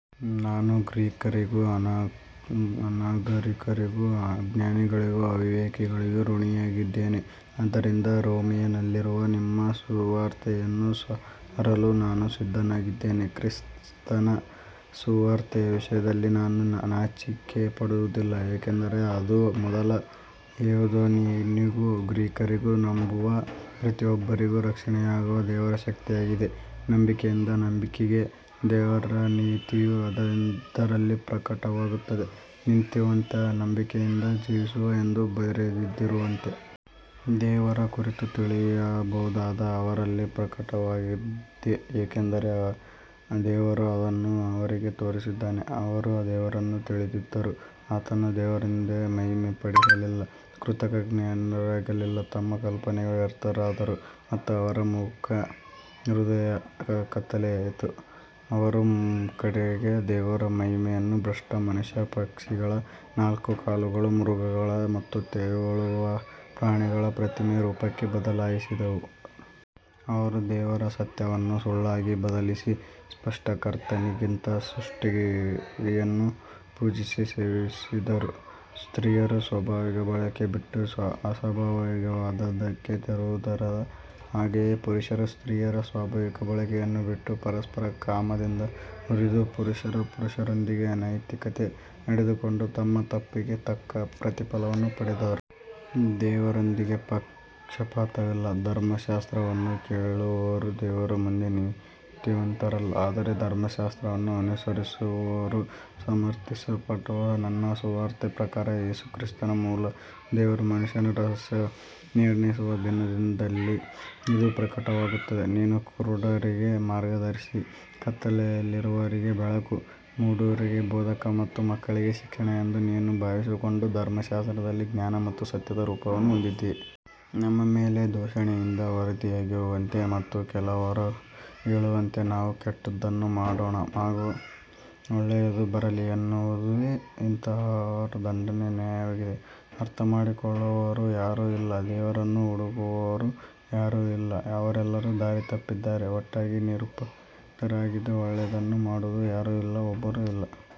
ನಾನು ಗ್ರೀಕರಿಗೂ ಅನಾಗರಿಕರಿಗೂ ಜ್ಞಾನಿಗಳಿಗೂ ಅವಿವೇಕಿಗಳಿಗೂ ಋಣಿಯಾಗಿದ್ದೇನೆ. ಆದ್ದರಿಂದ ರೋಮಿನಲ್ಲಿರುವ ನಿಮಗೂ ಸುವಾರ್ತೆಯನ್ನು ಸಾರಲು ನಾನು ಸಿದ್ಧನಾಗಿದ್ದೇನೆ. ಕ್ರಿಸ್ತನ ಸುವಾರ್ತೆಯ ವಿಷಯದಲ್ಲಿ ನಾನು ನಾಚಿಕೆಪಡುವುದಿಲ್ಲ, ಏಕೆಂದರೆ ಅದು ಮೊದಲು ಯೆಹೂದ್ಯನಿಗೂ ಗ್ರೀಕರಿಗೂ ನಂಬುವ ಪ್ರತಿಯೊಬ್ಬರಿಗೂ ರಕ್ಷಣೆಯಾಗುವ ದೇವರ ಶಕ್ತಿಯಾಗಿದೆ. ನಂಬಿಕೆಯಿಂದ ನಂಬಿಕೆಗೆ ದೇವರ ನೀತಿಯು ಅದರಲ್ಲಿ ಪ್ರಕಟವಾಗುತ್ತದೆ, ನೀತಿವಂತನು ನಂಬಿಕೆಯಿಂದ ಜೀವಿಸುವನು ಎಂದು ಬರೆದಿರುವಂತೆ. ದೇವರ ಕುರಿತು ತಿಳಿಯಬಹುದಾದದ್ದು ಅವರಲ್ಲಿ ಪ್ರಕಟವಾಗಿದೆ, ಏಕೆಂದರೆ ದೇವರು ಅದನ್ನು ಅವರಿಗೆ ತೋರಿಸಿದ್ದಾನೆ. ಅವರು ದೇವರನ್ನು ತಿಳಿದಿದ್ದರೂ ಆತನನ್ನು ದೇವರೆಂದು ಮಹಿಮೆಪಡಿಸಲಿಲ್ಲ, ಕೃತಜ್ಞರಾಗಲಿಲ್ಲ, ತಮ್ಮ ಕಲ್ಪನೆಗಳಲ್ಲಿ ವ್ಯರ್ಥರಾದರು ಮತ್ತು ಅವರ ಮೂರ್ಖ ಹೃದಯವು ಕತ್ತಲೆಯಾಯಿತು. ಅವರು ಕೆಡದ ದೇವರ ಮಹಿಮೆಯನ್ನು ಭ್ರಷ್ಟ ಮನುಷ್ಯನ, ಪಕ್ಷಿಗಳ, ನಾಲ್ಕು ಕಾಲುಗಳ ಮೃಗಗಳ ಮತ್ತು ತೆವಳುವ ಪ್ರಾಣಿಗಳ ಪ್ರತಿಮೆಗಳ ರೂಪಕ್ಕೆ ಬದಲಾಯಿಸಿದರು. ಅವರು ದೇವರ ಸತ್ಯವನ್ನು ಸುಳ್ಳಾಗಿ ಬದಲಿಸಿ ಸೃಷ್ಟಿಕರ್ತನಿಗಿಂತ ಸೃಷ್ಟಿಯನ್ನು ಪೂಜಿಸಿ ಸೇವಿಸಿದರು. ಸ್ತ್ರೀಯರು ಸ್ವಾಭಾವಿಕ ಬಳಕೆಯನ್ನು ಬಿಟ್ಟು ಅಸ್ವಾಭಾವಿಕವಾದದ್ದಕ್ಕೆ ತಿರುಗಿದರು. ಹಾಗೆಯೇ ಪುರುಷರು ಸ್ತ್ರೀಯರ ಸ್ವಾಭಾವಿಕ ಬಳಕೆಯನ್ನು ಬಿಟ್ಟು ಪರಸ್ಪರ ಕಾಮದಿಂದ ಉರಿದು, ಪುರುಷರು ಪುರುಷರೊಂದಿಗೆ ಅನೈತಿಕವಾಗಿ ನಡೆದುಕೊಂಡು ತಮ್ಮ ತಪ್ಪಿಗೆ ತಕ್ಕ ಪ್ರತಿಫಲವನ್ನು ಪಡೆದರು. ದೇವರೊಂದಿಗೆ ಪಕ್ಷಪಾತವಿಲ್ಲ. ಧರ್ಮಶಾಸ್ತ್ರವನ್ನು ಕೇಳುವವರು ದೇವರ ಮುಂದೆ ನೀತಿವಂತರಲ್ಲ, ಆದರೆ ಧರ್ಮಶಾಸ್ತ್ರವನ್ನು ಅನುಸರಿಸುವವರು ಸಮರ್ಥಿಸಲ್ಪಡುವರು. ನನ್ನ ಸುವಾರ್ತೆಯ ಪ್ರಕಾರ ಯೇಸು ಕ್ರಿಸ್ತನ ಮೂಲಕ ದೇವರು ಮನುಷ್ಯರ ರಹಸ್ಯಗಳನ್ನು ನಿರ್ಣಯಿಸುವ ದಿನದಲ್ಲಿ ಇದು ಪ್ರಕಟವಾಗುವುದು. ನೀನು ಕುರುಡರಿಗೆ ಮಾರ್ಗದರ್ಶಕ, ಕತ್ತಲೆಯಲ್ಲಿರುವವರಿಗೆ ಬೆಳಕು, ಮೂಢರಿಗೆ ಬೋಧಕ ಮತ್ತು ಮಕ್ಕಳಿಗೆ ಶಿಕ್ಷಕನೆಂದು ನಿನ್ನನ್ನು ಭಾವಿಸಿಕೊಂಡು, ಧರ್ಮಶಾಸ್ತ್ರದಲ್ಲಿ ಜ್ಞಾನದ ಮತ್ತು ಸತ್ಯದ ರೂಪವನ್ನು ಹೊಂದಿದ್ದೀಯೆ. ನಮ್ಮ ಮೇಲೆ ದೂಷಣೆಯಿಂದ ವರದಿಯಾಗಿರುವಂತೆ ಮತ್ತು ಕೆಲವರು ಹೇಳುವಂತೆ ನಾವು ಕೆಟ್ಟದ್ದನ್ನು ಮಾಡೋಣ, ಆಗ ಒಳ್ಳೆಯದು ಬರಲಿ ಎನ್ನುವುದೇ. ಇಂತಹವರ ದಂಡನೆ ನ್ಯಾಯವಾಗಿದೆ. ಅರ್ಥಮಾಡಿಕೊಳ್ಳುವವರು ಯಾರೂ ಇಲ್ಲ, ದೇವರನ್ನು ಹುಡುಕುವವರು ಯಾರೂ ಇಲ್ಲ. ಅವರೆಲ್ಲರೂ ದಾರಿ ತಪ್ಪಿದ್ದಾರೆ, ಒಟ್ಟಾಗಿ ನಿರುಪಯುಕ್ತರಾಗಿದ್ದಾರೆ. ಒಳ್ಳೆಯದನ್ನು ಮಾಡುವವರು ಯಾರೂ ಇಲ್ಲ, ಒಬ್ಬನೂ ಇಲ್ಲ.